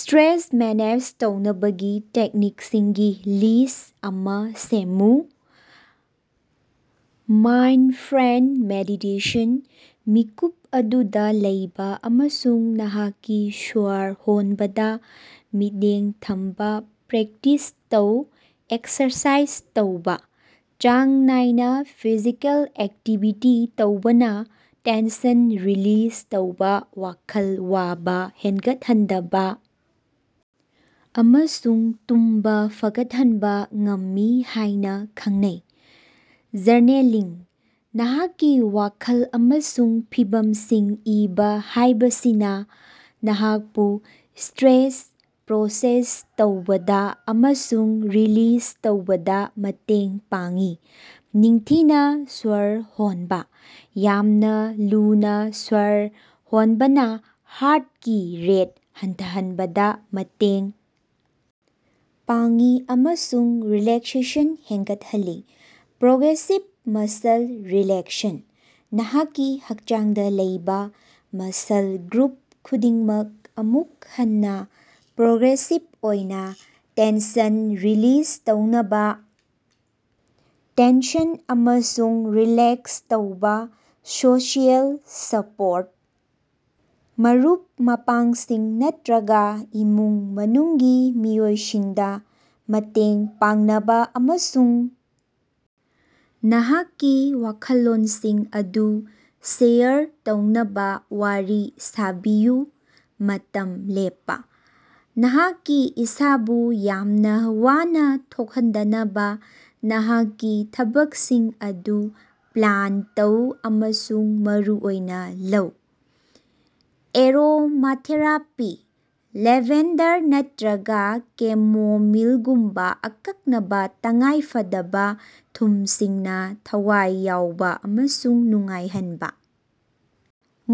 Stress manage ꯇꯧꯅꯕꯒꯤ ꯇꯦꯛꯅꯤꯛꯁꯤꯡꯒꯤ list ꯑꯃ ꯁꯦꯝꯃꯨ꯫ ꯃꯥꯏꯟꯗꯐ꯭ꯔꯦꯟꯗ ꯃꯦꯗꯤꯇꯦꯁꯟ: ꯃꯤꯀꯨꯞ ꯑꯗꯨꯗ ꯂꯩꯕ ꯑꯃꯁꯨꯡ ꯅꯍꯥꯛꯀꯤ ꯁ꯭ꯋꯔ ꯍꯣꯟꯕꯗ ꯃꯤꯠꯌꯦꯡ ꯊꯝꯕ ꯄ꯭ꯔꯦꯛꯇꯤꯁ ꯇꯧ꯫ ꯑꯦꯛꯁꯔꯁꯥꯏꯖ ꯇꯧꯕꯥ: ꯆꯥꯡ ꯅꯥꯏꯅ ꯐꯤꯖꯤꯀꯦꯜ ꯑꯦꯛꯇꯤꯚꯤꯇꯤ ꯇꯧꯕꯅ ꯇꯦꯟꯁꯟ ꯔꯤꯂꯤꯖ ꯇꯧꯕ, ꯋꯥꯈꯜ ꯋꯥꯕ ꯍꯦꯡꯒꯠꯍꯟꯗꯕ ꯑꯃꯁꯨꯡ ꯇꯨꯝꯕ ꯐꯒꯠꯍꯟꯕ ꯉꯝꯃꯤ ꯍꯥꯏꯅ ꯈꯪꯅꯩ꯫ ꯖ꯭ꯔꯅꯦꯂꯤꯡ: ꯅꯍꯥꯛꯀꯤ ꯋꯥꯈꯜ ꯑꯃꯁꯨꯡ ꯐꯤꯚꯝꯁꯤꯡ ꯏꯕ ꯍꯥꯏꯕꯁꯤꯅ ꯅꯍꯥꯛꯄꯨ ꯁ꯭ꯇꯔꯦꯁ ꯄ꯭ꯔꯣꯁꯦꯁ ꯇꯧꯕꯗ ꯑꯃꯁꯨꯡ ꯔꯤꯂꯤꯖ ꯇꯧꯕꯗ ꯃꯇꯦꯡ ꯄꯥꯡꯏ꯫ ꯅꯤꯡꯊꯤꯅ ꯁ꯭ꯋꯔ ꯍꯣꯟꯕ: ꯌꯥꯝꯅ ꯂꯨꯅ ꯁ꯭ꯋꯔ ꯍꯣꯅꯕꯅ ꯍꯥꯔꯠꯀꯤ ꯔꯦꯠ ꯍꯟꯊꯍꯟꯕꯗ ꯃꯇꯦꯡ ꯄꯥꯡꯏ ꯑꯃꯁꯨꯡ ꯔꯤꯂꯦꯛꯁꯦꯁꯟ ꯍꯦꯡꯒꯠꯍꯜꯂꯤ꯫ ꯄ꯭ꯔꯣꯒ꯭ꯔꯦꯁꯤꯚ ꯃꯁꯜ ꯔꯤꯂꯦꯛꯁꯟ: ꯅꯍꯥꯛꯀꯤ ꯍꯛꯆꯥꯡꯗ ꯂꯩꯕ ꯃꯁꯜ ꯒ꯭ꯔꯨꯞ ꯈꯨꯗꯤꯡꯃꯛ, ꯑꯃꯨꯛ ꯍꯟꯅ, ꯄ꯭ꯔꯣꯒ꯭ꯔꯦꯁꯤꯚ ꯑꯣꯏꯅ ꯇꯦꯟꯁꯟ ꯔꯤꯂꯤꯖ ꯇꯧꯅꯕ, ꯇꯦꯟꯁꯟ ꯑꯃꯁꯨꯡ ꯔꯤꯂꯦꯛꯁ ꯇꯧꯕ꯫ ꯁꯣꯁꯤꯑꯦꯜ ꯁꯄꯣꯔꯠ: ꯃꯔꯨꯞ-ꯃꯄꯥꯡꯁꯤꯡ ꯅꯠꯇꯔꯒ ꯏꯃꯨꯡ-ꯃꯅꯨꯡꯒꯤ ꯃꯤꯑꯣꯏꯁꯤꯡꯗ ꯃꯇꯦꯡ ꯄꯥꯡꯅꯕ ꯑꯃꯁꯨꯡ ꯅꯍꯥꯛꯀꯤ ꯋꯥꯈꯜꯂꯣꯟꯁꯤꯡ ꯑꯗꯨ ꯁꯦꯌꯔ ꯇꯧꯅꯕ ꯋꯥꯔꯤ ꯁꯥꯕꯤꯌꯨ꯫ ꯃꯇꯝ ꯂꯦꯞꯄ: ꯅꯍꯥꯛꯀꯤ ꯏꯁꯥꯕꯨ ꯌꯥꯝꯅ ꯋꯥꯅ ꯊꯣꯛꯍꯟꯗꯅꯕ ꯅꯍꯥꯛꯀꯤ ꯊꯕꯛꯁꯤꯡ ꯑꯗꯨ ꯄ꯭ꯂꯥꯟ ꯇꯧ ꯑꯃꯁꯨꯡ ꯃꯔꯨꯑꯣꯏꯅ ꯂꯧ꯫ ꯑꯦꯔꯣꯃꯥꯊꯦꯔꯥꯄꯤ: ꯂꯦꯚꯦꯟꯗꯔ ꯅꯠꯇꯔꯒ ꯀꯦꯃꯣꯃꯤꯜꯒꯨꯝꯕꯥ ꯑꯀꯛꯅꯕ ꯇꯉꯥꯏꯐꯗꯕ ꯊꯨꯝꯁꯤꯡꯅ ꯊꯋꯥꯏ ꯌꯥꯎꯕ ꯑꯃꯁꯨꯡ ꯅꯨꯡꯉꯥꯏꯍꯟꯕ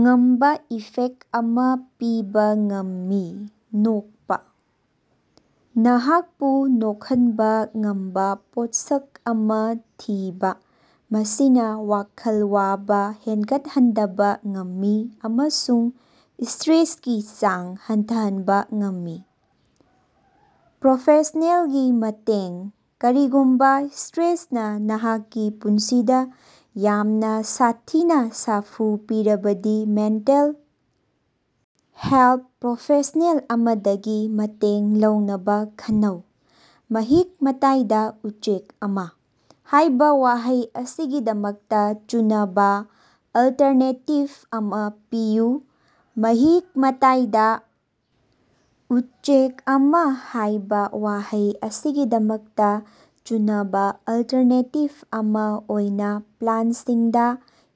ꯉꯝꯕ ꯏꯐꯦꯛ ꯑꯃ ꯄꯤꯕ ꯉꯝꯃꯤ꯫ ꯅꯣꯛꯄ: ꯅꯍꯥꯛꯄꯨ ꯅꯣꯛꯍꯟꯕ ꯉꯝꯕ ꯄꯣꯠꯁꯛ ꯑꯃꯥ ꯊꯤꯕ; ꯃꯁꯤꯅ ꯋꯥꯈꯜ ꯋꯥꯕ ꯍꯦꯟꯒꯠꯍꯟꯗꯕ ꯉꯝꯃꯤ ꯑꯃꯁꯨꯡ ꯁ꯭ꯇꯔꯦꯁꯀꯤ ꯆꯥꯡ ꯍꯟꯊꯍꯟꯕ ꯉꯝꯃꯤ꯫ ꯄ꯭ꯔꯣꯐꯦꯁꯅꯦꯜꯒꯤ ꯃꯇꯦꯡ: ꯀꯔꯤꯒꯨꯃꯕ ꯁ꯭ꯇꯔꯦꯁꯅ ꯅꯍꯥꯛꯀꯤ ꯄꯨꯟꯁꯤꯗ ꯌꯥꯝꯅ ꯁꯥꯊꯤꯅ ꯁꯥꯐꯨ ꯄꯤꯔꯕꯗꯤ, ꯃꯦꯟꯇꯦꯜ ꯍꯦꯜꯊ ꯄ꯭ꯔꯣꯐꯦꯁꯅꯦꯜ ꯑꯃꯗꯒꯤ ꯃꯇꯦꯡ ꯂꯧꯅꯕ ꯈꯟꯅꯧ꯫ "ꯃꯍꯤꯛ-ꯃꯇꯥꯏꯗ ꯎꯆꯦꯛ ꯑꯃ" ꯍꯥꯏꯕ ꯋꯥꯍꯩ ꯑꯁꯤꯒꯤꯗꯃꯛꯇ ꯆꯨꯅꯕ ꯑꯜꯇꯔꯅꯦꯇꯤꯚ ꯑꯃ ꯄꯤꯌꯨ꯫ "ꯃꯍꯤꯛ-ꯃꯇꯥꯏꯗꯥ ꯎꯆꯦꯛ ꯑꯃ" ꯍꯥꯏꯕ ꯋꯥꯍꯩ ꯑꯁꯤꯒꯤꯗꯃꯛꯇ ꯆꯨꯅꯕ ꯑꯜꯇꯔꯅꯦꯇꯤꯚ ꯑꯃ ꯑꯣꯏꯅ "ꯄ꯭ꯂꯥꯟꯁꯤꯡꯗ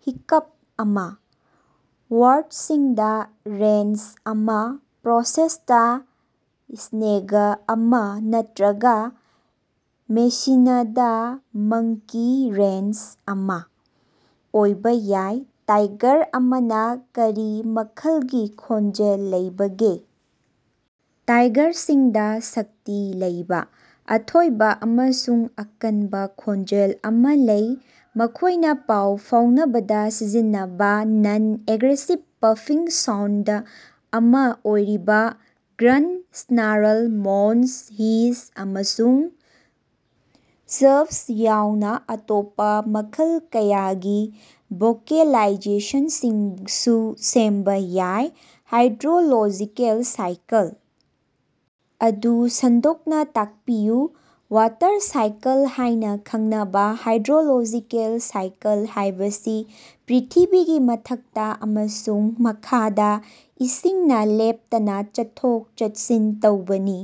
ꯍꯤꯛꯀꯞ ꯑꯃꯥ", "ꯋꯥꯔꯛꯁꯤꯡꯗ ꯔꯦꯟꯆ ꯑꯃ", "ꯄ꯭ꯔꯣꯁꯦꯁꯇ ꯁ꯭ꯅꯦꯒ ꯑꯃ" ꯅꯠꯇꯔꯒ ""ꯃꯦꯁꯤꯅꯗꯥ ꯃꯪꯀꯤ ꯔꯦꯟꯆ ꯑꯃꯥ" ꯑꯣꯏꯕ ꯌꯥꯏ꯫ ꯇꯥꯏꯒꯔ ꯑꯃꯅ ꯀꯔꯤ ꯃꯈꯜꯒꯤ ꯈꯣꯟꯖꯦꯜ ꯂꯩꯕꯒꯦ? ꯇꯥꯏꯒꯔꯁꯤꯡꯗ ꯁꯛꯇꯤ ꯂꯩꯕ, ꯑꯊꯣꯏꯕ ꯑꯃꯁꯨꯡ ꯑꯀꯟꯕ ꯈꯣꯟꯖꯦꯜ ꯑꯃ ꯂꯩ꯫ ꯃꯈꯣꯏꯅ ꯄꯥꯎ ꯐꯥꯎꯅꯕꯗ ꯁꯤꯖꯤꯟꯅꯕ ꯅꯟ-ꯑꯦꯒ꯭ꯔꯦꯁꯤꯚ ꯄꯐꯤꯡ ꯁꯥꯎꯟꯗ ꯑꯃ ꯑꯣꯏꯔꯤꯕ ꯒ꯭ꯔꯟꯠ, ꯁ꯭ꯅꯥꯔꯜ, ꯃꯣꯟꯁ, ꯍꯤꯁ, ꯑꯃꯁꯨꯡ ꯆ꯭ꯐꯁ ꯌꯥꯎꯅ ꯑꯇꯣꯞꯄ ꯃꯈꯜ ꯀꯌꯥꯒꯤ ꯚꯣꯀꯦꯂꯥꯏꯖꯦꯁꯟꯁꯤꯡꯁꯨ ꯁꯦꯝꯕ ꯌꯥꯏ꯫ ꯍꯥꯏꯗ꯭ꯔꯣꯂꯣꯖꯤꯀꯦꯜ ꯁꯥꯏꯀꯜ ꯑꯗꯨ ꯁꯟꯗꯣꯛꯅ ꯇꯥꯛꯄꯤꯌꯨ꯫ ꯋꯥꯇꯔ ꯁꯥꯏꯀꯜ ꯍꯥꯏꯅ ꯈꯪꯅꯕ ꯍꯥꯏꯗ꯭ꯔꯣꯂꯣꯖꯤꯀꯦꯜ ꯁꯥꯏꯀꯜ ꯍꯥꯏꯕꯁꯤ ꯄ꯭ꯔꯤꯊꯤꯕꯤꯒꯤ ꯃꯊꯛꯇ ꯑꯃꯁꯨꯡ ꯃꯈꯥꯗ ꯏꯁꯤꯡꯅ ꯂꯦꯞꯇꯅ ꯆꯠꯊꯣꯛ-ꯆꯠꯁꯤꯟ ꯇꯧꯕꯅꯤ꯫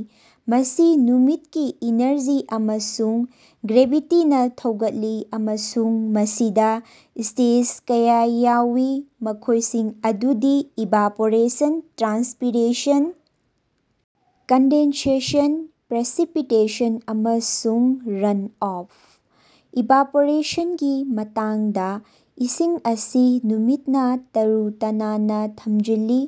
ꯃꯁꯤ ꯅꯨꯃꯤꯠꯀꯤ ꯏꯅ꯭ꯔꯖꯤ ꯑꯃꯁꯨꯡ ꯒ꯭ꯔꯦꯚꯤꯇꯤꯅ ꯊꯧꯒꯠꯂꯤ, ꯑꯃꯁꯨꯡ ꯃꯁꯤꯗ ꯁ꯭ꯇꯦꯖ ꯀꯌꯥ ꯌꯥꯎꯏ, ꯃꯈꯣꯏꯁꯤꯡ ꯑꯗꯨꯗꯤ: ꯏꯚꯥꯄꯣꯔꯦꯁꯟ, ꯇ꯭ꯔꯥꯟꯁꯄꯤꯔꯦꯁꯟ, ꯀꯟꯗꯦꯟꯁꯦꯁꯟ, ꯄ꯭ꯔꯦꯁꯤꯄꯤꯇꯦꯁꯟ, ꯑꯃꯁꯨꯡ ꯔꯟꯑꯣꯐ꯫ ꯏꯚꯥꯄꯣꯔꯦꯁꯟꯒꯤ ꯃꯇꯝꯗ ꯏꯁꯤꯡ ꯑꯁꯤ ꯅꯨꯃꯤꯠꯅ ꯇꯔꯨ-ꯇꯅꯥꯟꯅ ꯊꯝꯖꯤꯜꯂꯤ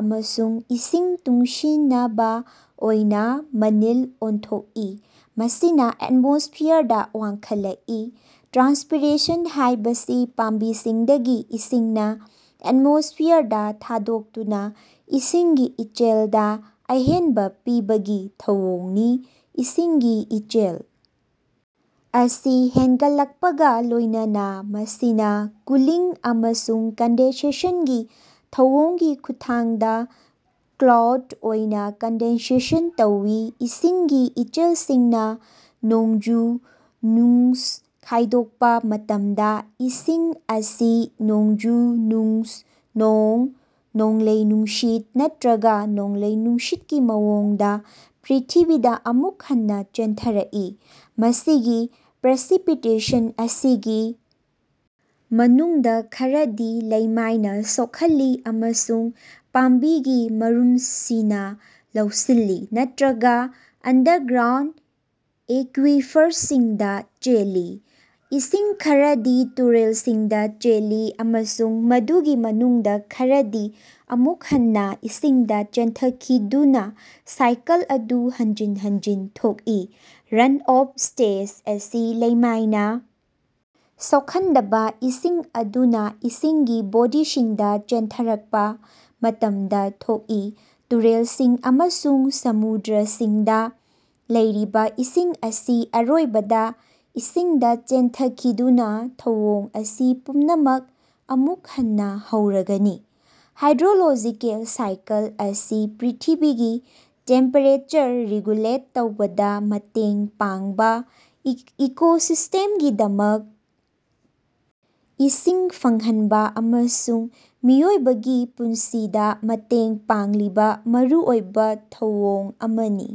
ꯑꯃꯁꯨꯡ ꯏꯁꯤꯡ ꯇꯨꯡꯁꯤꯅꯕ ꯑꯣꯏꯅ ꯃꯅꯤꯜ ꯑꯣꯟꯊꯣꯛꯏ, ꯃꯁꯤꯅꯥ ꯑꯦꯠꯃꯣꯁ꯭ꯐꯤꯌꯔꯗ ꯋꯥꯡꯈꯠꯂꯛꯏ꯫ ꯇ꯭ꯔꯥꯟꯁꯄꯤꯔꯦꯁꯟ ꯍꯥꯏꯕꯁꯤ ꯄꯥꯝꯕꯤꯁꯤꯡꯗꯒꯤ ꯏꯁꯤꯡꯅ ꯑꯦꯠꯃꯣꯁ꯭ꯐꯤꯌꯔꯗ ꯊꯥꯗꯣꯛꯇꯨꯅ ꯏꯁꯤꯡꯒꯤ ꯏꯆꯦꯜꯗ ꯑꯍꯦꯅꯕ ꯄꯤꯕꯒꯤ ꯊꯧꯑꯣꯡꯅꯤ꯫ ꯏꯁꯤꯡꯒꯤ ꯏꯆꯦꯜ ꯑꯁꯤ ꯍꯦꯡꯒꯠꯂꯛꯄꯒ ꯂꯣꯏꯅꯅ, ꯃꯁꯤꯅ ꯀꯨꯂꯤꯡ ꯑꯃꯁꯨꯡ ꯀꯟꯗꯦꯟꯁꯟꯒꯤ ꯊꯧꯑꯣꯡꯒꯤ ꯈꯨꯠꯊꯥꯡꯗꯥ ꯀ꯭ꯂꯥꯎꯗ ꯑꯣꯏꯅ ꯀꯟꯗꯦꯟꯁꯟ ꯇꯧꯏ꯫ ꯏꯁꯤꯡꯒꯤ ꯏꯆꯦꯜꯁꯤꯡꯅ ꯅꯣꯡꯖꯨ-ꯅꯨꯡꯁ ꯈꯥꯏꯗꯣꯛꯄ ꯃꯇꯝꯗ, ꯏꯁꯤꯡ ꯑꯁꯤ ꯅꯣꯡꯖꯨ-ꯅꯨꯡꯁ, ꯅꯣꯡ, ꯅꯣꯡꯂꯩ-ꯅꯨꯡꯁꯤꯠ ꯅꯠꯇꯔꯒ ꯅꯣꯡꯂꯩ-ꯅꯨꯡꯁꯤꯠꯀꯤ ꯃꯑꯣꯡꯗ ꯄ꯭ꯔ꯭ꯤꯊꯤꯕꯤꯗ ꯑꯃꯨꯛ ꯍꯟꯅ ꯆꯦꯟꯊꯔꯛꯏ꯫ ꯃꯁꯤꯒꯤ ꯄ꯭ꯔꯦꯁꯤꯄꯤꯇꯦꯁꯟ ꯑꯁꯤꯒꯤ ꯃꯅꯨꯡꯗ ꯈꯔꯗꯤ ꯂꯩꯃꯥꯏꯅ ꯁꯣꯛꯍꯜꯂꯤ ꯑꯃꯁꯨꯡ ꯄꯥꯝꯕꯤꯒꯤ ꯃꯔꯨꯝꯁꯤꯅꯥ ꯂꯧꯁꯤꯜꯂꯤ ꯅꯠꯇꯔꯒ ꯑꯟꯗꯔꯒ꯭ꯔꯥꯎꯟꯗ ꯑꯦꯀ꯭ꯋꯤꯐ꯭ꯔꯁꯤꯡꯗ ꯆꯦꯜꯂꯤ꯫ ꯏꯁꯤꯡ ꯈꯔꯗꯤ ꯇꯨꯔꯦꯂꯁꯤꯡꯗꯥ ꯆꯦꯜꯂꯤ, ꯑꯃꯁꯨꯡ ꯃꯗꯨꯒꯤ ꯃꯅꯨꯡꯗ ꯈꯔꯗꯤ ꯑꯃꯨꯛ ꯍꯟꯅ ꯏꯁꯤꯡꯗ ꯆꯦꯟꯊꯈꯤꯗꯨꯅ ꯁꯥꯏꯀꯜ ꯑꯗꯨ ꯍꯟꯖꯤꯟ ꯍꯟꯖꯤꯟ ꯊꯣꯛꯏ꯫ ꯔꯟꯑꯣꯐ ꯁ꯭ꯇꯦꯖ ꯑꯁꯤ ꯂꯩꯃꯥꯏꯅ ꯁꯣꯛꯍꯟꯗꯕ ꯏꯁꯤꯡ ꯑꯗꯨꯅ ꯏꯁꯤꯡꯒꯤ ꯕꯣꯗꯤꯁꯤꯡꯗ ꯆꯦꯟꯊꯔꯛꯄ ꯃꯇꯝꯗ ꯊꯣꯛꯏ꯫ ꯇꯨꯔꯦꯂꯁꯤꯡ ꯑꯃꯁꯨꯡ ꯁꯃꯨꯗ꯭ꯔꯁꯤꯡꯗ ꯂꯩꯔꯤꯕ ꯏꯁꯤꯡ ꯑꯁꯤ ꯑꯔꯣꯏꯕꯗ ꯏꯁꯤꯡꯗ ꯆꯦꯟꯊꯈꯤꯗꯨꯅ ꯊꯧꯑꯣꯡ ꯑꯁꯤ ꯄꯨꯝꯅꯃꯛ ꯑꯃꯨꯛ ꯍꯟꯅ ꯍꯧꯔꯒꯅꯤ꯫ ꯍꯥꯏꯗ꯭ꯔꯣꯂꯣꯖꯤꯀꯦꯜ ꯁꯥꯏꯀꯜ ꯑꯁꯤ ꯄ꯭ꯔꯤꯊꯤꯕꯤꯒꯤ ꯇꯦꯝꯄꯦꯔꯦꯆꯔ ꯔꯤꯒꯨꯂꯦꯠ ꯇꯧꯕꯗ ꯃꯇꯦꯡ ꯄꯥꯡꯕ, ꯏꯀꯣꯁꯤꯁ꯭ꯇꯦꯝꯒꯤꯗꯃꯛ ꯏꯁꯤꯡ ꯐꯪꯍꯟꯕ ꯑꯃꯁꯨꯡ ꯃꯤꯑꯣꯏꯕꯒꯤ ꯄꯨꯟꯁꯤꯗ ꯃꯇꯦꯡ ꯄꯥꯡꯂꯤꯕ ꯃꯔꯨꯑꯣꯏꯕ ꯊꯧꯑꯣꯡ ꯑꯃꯅꯤ꯫